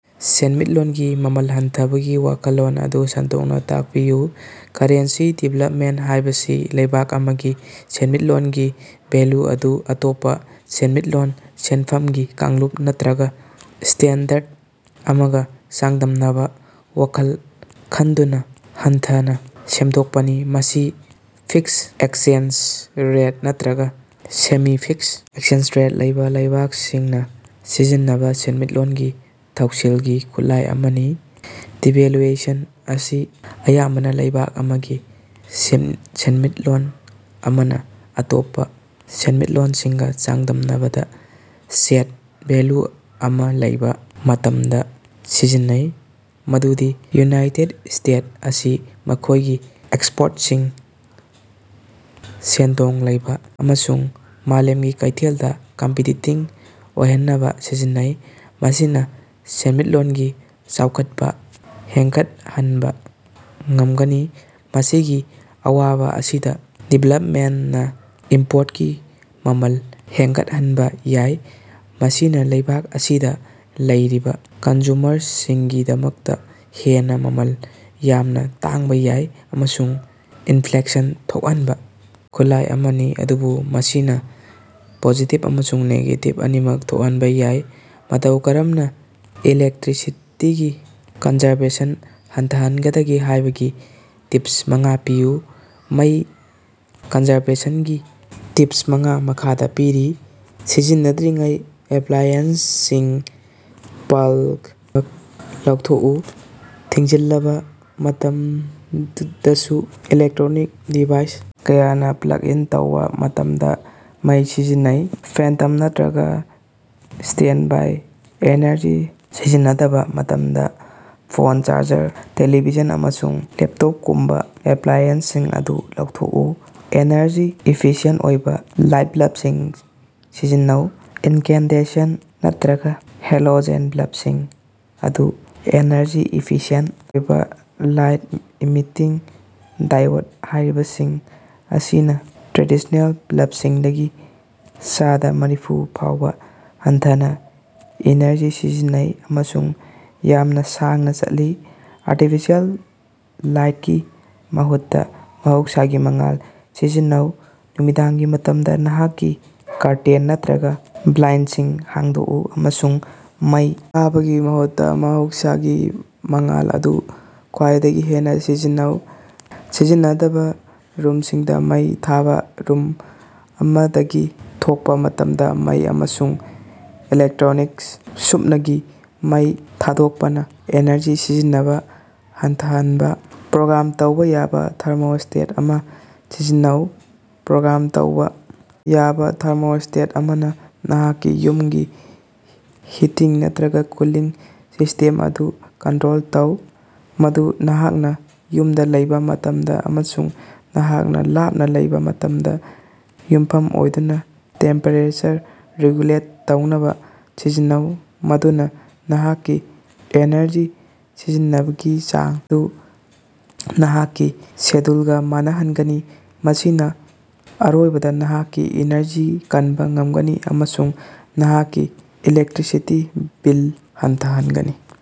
ꯁꯦꯟꯃꯤꯠꯂꯣꯟꯒꯤ ꯃꯃꯜ ꯍꯟꯊꯕꯒꯤ ꯋꯥꯈꯜꯂꯣꯟ ꯑꯗꯨ ꯁꯟꯗꯣꯛꯅ ꯇꯥꯛꯄꯤꯌꯨ꯫ ꯀꯔꯔꯦꯟꯁꯤ ꯗꯤꯚꯦꯂꯄꯃꯦꯟꯇ ꯍꯥꯏꯕꯁꯤ ꯂꯩꯕꯥꯛ ꯑꯃꯒꯤ ꯁꯦꯟꯃꯤꯠꯂꯣꯟꯒꯤ ꯚꯦꯜꯌꯨ ꯑꯗꯨ ꯑꯇꯣꯞꯄꯥ ꯁꯦꯟꯃꯤꯠꯂꯣꯟ, ꯁꯦꯟꯐꯝꯒꯤ ꯀꯥꯡꯂꯨꯞ ꯅꯠꯇ꯭ꯔꯒ ꯁ꯭ꯇꯦꯟꯗꯔꯗ ꯑꯃꯒꯥ ꯆꯥꯡꯗꯝꯅꯕꯗꯥ ꯋꯥꯈꯜ ꯈꯟꯗꯨꯅꯥ ꯍꯟꯊꯅꯥ ꯁꯦꯝꯗꯣꯛꯄꯅꯤ꯫ ꯃꯁꯤ ꯐꯤꯛꯁ ꯑꯦꯛꯁꯆꯦꯟꯖ ꯔꯦꯠ ꯅꯠꯇ꯭ꯔꯒ ꯁꯦꯃꯤ-ꯐꯤꯛꯁ ꯑꯦꯛꯁꯆꯦꯟꯖ ꯔꯦꯠ ꯂꯩꯕ ꯂꯩꯕꯥꯛꯁꯤꯡꯅꯥ ꯁꯤꯖꯤꯟꯅꯕ ꯁꯦꯟꯃꯤꯠꯂꯣꯟꯒꯤ ꯊꯧꯁꯤꯜꯒꯤ ꯈꯨꯠꯂꯥꯏ ꯑꯃꯅꯤ꯫ ꯗꯤꯚꯦꯜꯌꯨꯑꯦꯁꯟ ꯑꯁꯤ ꯑꯌꯥꯝꯕꯅꯥ ꯂꯩꯕꯥꯛ ꯑꯃꯒꯤ ꯁꯦꯟꯃꯤꯠꯂꯣꯟ ꯑꯃꯅꯥ ꯑꯇꯣꯞꯄꯥ ꯁꯦꯟꯃꯤꯠꯂꯣꯟꯁꯤꯡꯒꯥ ꯆꯥꯡꯗꯝꯅꯕꯗꯥ ꯁꯦꯠ ꯚꯦꯜꯌꯨ ꯑꯃꯥ ꯂꯩꯕ ꯃꯇꯝꯗꯥ ꯁꯤꯖꯤꯟꯅꯩ, ꯃꯗꯨꯗꯤ ꯌꯨꯅꯥꯠꯇꯦꯗ ꯁ꯭ꯇꯦꯠꯁ ꯑꯁꯤ ꯃꯈꯣꯏꯒꯤ ꯑꯦꯛꯁꯄꯣꯔꯇꯁꯤꯡ ꯁꯦꯟꯗꯣꯡ ꯂꯩꯕꯥ ꯑꯃꯁꯨꯡ ꯃꯥꯂꯦꯝꯒꯤ ꯀꯩꯊꯦꯜꯗꯥ ꯀꯝꯄꯤꯇꯤꯇꯤꯡ ꯑꯣꯏꯍꯟꯅꯕꯥ ꯁꯤꯖꯤꯟꯅꯩ꯫ ꯃꯁꯤꯅꯥ ꯁꯦꯟꯃꯤꯠꯂꯣꯟꯒꯤ ꯆꯥꯎꯈꯠꯄꯥ ꯍꯦꯟꯒꯠꯍꯟꯕ ꯉꯝꯒꯅꯤ꯫ ꯃꯁꯤꯒꯤ ꯑꯋꯥꯕꯥ ꯑꯁꯤꯗꯥ ꯗꯤꯚꯦꯂꯄꯃꯦꯟꯇꯅꯥ ꯏꯝꯄꯣꯔꯇꯀꯤ ꯃꯃꯜ ꯍꯦꯟꯒꯠꯍꯟꯕ ꯌꯥꯏ ꯫ ꯃꯁꯤꯅꯥ ꯂꯩꯕꯥꯛ ꯑꯁꯤꯗꯥ ꯂꯩꯔꯤꯕ ꯀꯟꯖꯨꯃꯔꯁꯤꯡꯒꯤꯗꯃꯛꯇꯥ ꯍꯦꯟꯅ ꯃꯃꯜ ꯌꯥꯝꯅ ꯇꯥꯡꯕ ꯌꯥꯏ, ꯑꯃꯁꯨꯡ ꯏꯅꯐ꯭ꯂꯦꯁꯟ ꯊꯣꯛꯍꯟꯕ ꯈꯨꯠꯂꯥꯏ ꯑꯃꯅꯤ, ꯑꯗꯨꯕꯨ ꯃꯁꯤꯅꯥ ꯄꯣꯖꯤꯇꯤꯕ ꯑꯃꯁꯨꯡ ꯅꯦꯒꯦꯇꯤꯕ ꯑꯅꯤꯃꯛ ꯊꯣꯛꯍꯟꯕꯥ ꯌꯥꯏ꯫ ꯃꯇꯧ ꯀꯔꯝꯅꯥ ꯏꯂꯦꯛꯠꯔꯤꯁꯤꯇꯤꯒꯤ ꯀꯟꯖꯔꯕꯦꯁꯟ ꯍꯟꯊꯥꯍꯟꯒꯗꯒꯦ ꯍꯥꯏꯕꯒꯤ ꯇꯤꯄꯁ ꯃꯉꯥ ꯄꯤꯌꯨ꯫ ꯃꯩ ꯀꯟꯖꯔꯕꯦꯁꯟꯒꯤ ꯇꯤꯄꯁ ꯃꯉꯥ ꯃꯈꯥꯗꯥ ꯄꯤꯔꯤ ꯁꯤꯖꯤꯟꯅꯗ꯭ꯔꯤꯉꯩ ꯑꯦꯞꯂꯥꯏꯑꯦꯟꯁꯁꯤꯡ ꯄꯜ ꯂꯧꯊꯣꯛꯎ ꯊꯤꯡꯖꯤꯜꯂꯕꯥ ꯃꯇꯝꯗꯁꯨ ꯏꯂꯦꯛꯠꯔꯣꯅꯤꯛ ꯗꯤꯚꯥꯏꯁ ꯀꯌꯥꯅꯥ ꯄ꯭ꯂꯒ ꯏꯟ ꯇꯧꯕ ꯃꯇꯝꯗꯥ ꯃꯩ ꯁꯤꯖꯤꯟꯅꯩ ꯐꯦꯟꯇꯝ ꯅꯠꯇ꯭ꯔꯒ ꯁ꯭ꯇꯦꯟꯗꯕꯥꯏ ꯑꯦꯅꯔꯖꯤ ꯁꯤꯖꯤꯟꯅꯗꯕꯥ ꯃꯇꯝꯗꯥ ꯐꯣꯟ ꯆꯥꯔꯖꯔ, ꯇꯦꯂꯤꯚꯤꯖꯟ, ꯑꯃꯁꯨꯡ ꯂꯦꯞꯇꯣꯄꯒꯨꯝꯕꯥ ꯑꯦꯞꯂꯥꯏꯑꯦꯟꯁꯁꯤꯡ ꯑꯗꯨ ꯂꯧꯊꯣꯛꯎ꯫ ꯑꯦꯅꯔꯖꯤ ꯏꯐꯤꯁꯤꯑꯦꯟꯇ ꯑꯣꯏꯕ ꯂꯥꯏꯠꯕꯜꯕꯁꯤꯡ ꯁꯤꯖꯤꯟꯅꯧ ꯏꯟꯀꯦꯟꯗꯦꯁꯟ ꯅꯠꯇ꯭ꯔꯒ ꯍꯦꯂꯣꯖꯦꯟ ꯕꯜꯕꯁꯤꯡ ꯑꯗꯨ ꯑꯦꯅꯔꯖꯤ ꯏꯐꯤꯁꯤꯑꯦꯟꯇ ꯑꯣꯏꯕ ꯂꯥꯏꯠ ꯏꯃꯤꯇꯤꯡ ꯗꯥꯏꯑꯣꯗ ꯍꯥꯏꯔꯤꯕꯁꯤꯡ ꯑꯁꯤꯅꯥ ꯇ꯭ꯔꯦꯗꯤꯁ꯭ꯅꯦꯜ ꯕꯜꯕꯁꯤꯡꯗꯒꯤ ꯆꯥꯗ ꯃꯔꯤꯐꯨ ꯐꯥꯎꯕ ꯍꯟꯊꯅꯥ ꯏꯅꯔꯖꯤ ꯁꯤꯖꯤꯟꯅꯩ ꯑꯃꯁꯨꯡ ꯌꯥꯝꯅ ꯁꯥꯡꯅꯥ ꯆꯠꯂꯤ꯫ ꯑꯥꯔꯇꯤꯐꯤꯁꯤꯑꯦꯜ ꯂꯥꯏꯠꯀꯤ ꯃꯍꯨꯠꯇꯥ ꯃꯍꯧꯁꯥꯒꯤ ꯃꯉꯥꯜ ꯁꯤꯖꯤꯟꯅꯧ ꯅꯨꯃꯤꯗꯥꯡꯒꯤ ꯃꯇꯝꯗꯥ ꯅꯍꯥꯛꯀꯤ ꯀꯔꯇꯦꯟ ꯅꯠꯇ꯭ꯔꯒꯥ ꯕ꯭ꯂꯥꯏꯟꯗꯁꯤꯡ ꯍꯥꯡꯗꯣꯛꯎ ꯑꯃꯁꯨꯡ ꯃꯩ ꯊꯥꯕꯒꯤ ꯃꯍꯨꯠꯇꯥ ꯃꯍꯧꯁꯥꯒꯤ ꯃꯉꯥꯜ ꯑꯗꯨ ꯈ꯭ꯋꯥꯏꯗꯒꯤ ꯍꯦꯟꯅꯥ ꯁꯤꯖꯤꯟꯅꯧ꯫ ꯁꯤꯖꯤꯟꯅꯗꯕꯥ ꯔꯨꯝꯁꯤꯡꯗꯥ ꯃꯩ ꯊꯥꯕꯥ ꯔꯨꯝ ꯑꯃꯗꯒꯤ ꯊꯣꯛꯄꯥ ꯃꯇꯝꯗꯥ ꯃꯩ ꯑꯃꯁꯨꯡ ꯏꯂꯦꯛꯠꯔꯣꯅꯤꯛꯁ ꯁꯨꯞꯅꯒꯤ ꯃꯩ ꯊꯥꯗꯣꯛꯄꯅꯥ ꯑꯦꯅꯔꯖꯤ ꯁꯤꯖꯤꯟꯅꯕꯥ ꯍꯟꯊꯍꯟꯕꯥ꯫ ꯄ꯭ꯔꯣꯒ꯭ꯔꯥꯝ ꯇꯧꯕ ꯌꯥꯕ ꯊꯥꯔꯃꯣꯁ꯭ꯇꯦꯠ ꯑꯃꯥ ꯁꯤꯖꯤꯟꯅꯧ ꯄ꯭ꯔꯣꯒ꯭ꯔꯥꯝ ꯇꯧꯕ ꯌꯥꯕ ꯊꯥꯔꯃꯣꯁ꯭ꯇꯦꯠ ꯑꯃꯅꯥ ꯅꯍꯥꯛꯀꯤ ꯌꯨꯝꯒꯤ ꯍꯤꯇꯤꯡ ꯅꯠꯇ꯭ꯔꯒ ꯀꯨꯂꯤꯡ ꯁꯤꯁ꯭ꯇꯦꯝ ꯑꯗꯨ ꯀꯟꯇꯔꯣꯜ ꯇꯧ꯫ ꯃꯗꯨ ꯅꯍꯥꯛꯅꯥ ꯌꯨꯝꯗꯥ ꯂꯩꯕ ꯃꯇꯝꯗꯥ ꯑꯃꯁꯨꯡ ꯅꯍꯥꯛꯅꯥ ꯂꯥꯞꯅꯥ ꯂꯩꯕ ꯃꯇꯝꯗꯥ ꯌꯨꯝꯐꯝ ꯑꯣꯏꯗꯨꯅꯥ ꯇꯦꯝꯄꯦꯔꯦꯆꯔ ꯔꯤꯒꯨꯂꯦꯠ ꯇꯧꯅꯕ ꯁꯤꯖꯤꯟꯅꯧ, ꯃꯗꯨꯅꯥ ꯅꯍꯥꯛꯀꯤ ꯑꯦꯅꯔꯖꯤ ꯁꯤꯖꯤꯟꯅꯕꯒꯤ ꯆꯥꯡ ꯑꯗꯨ ꯅꯍꯥꯛꯀꯤ ꯁꯦꯗ꯭ꯌꯨꯂꯒꯥ ꯃꯥꯟꯅꯍꯟꯒꯅꯤ꯫ ꯃꯁꯤꯅꯥ ꯑꯔꯣꯏꯕꯗꯥ ꯅꯍꯥꯛꯀꯤ ꯏꯅꯔꯖꯤ ꯀꯟꯕ ꯉꯝꯒꯅꯤ ꯑꯃꯁꯨꯡ ꯅꯍꯥꯛꯀꯤ ꯏꯂꯦꯛꯠꯔꯤꯁꯤꯇꯤ ꯕꯤꯜ ꯍꯟꯊꯍꯟꯒꯅꯤ꯫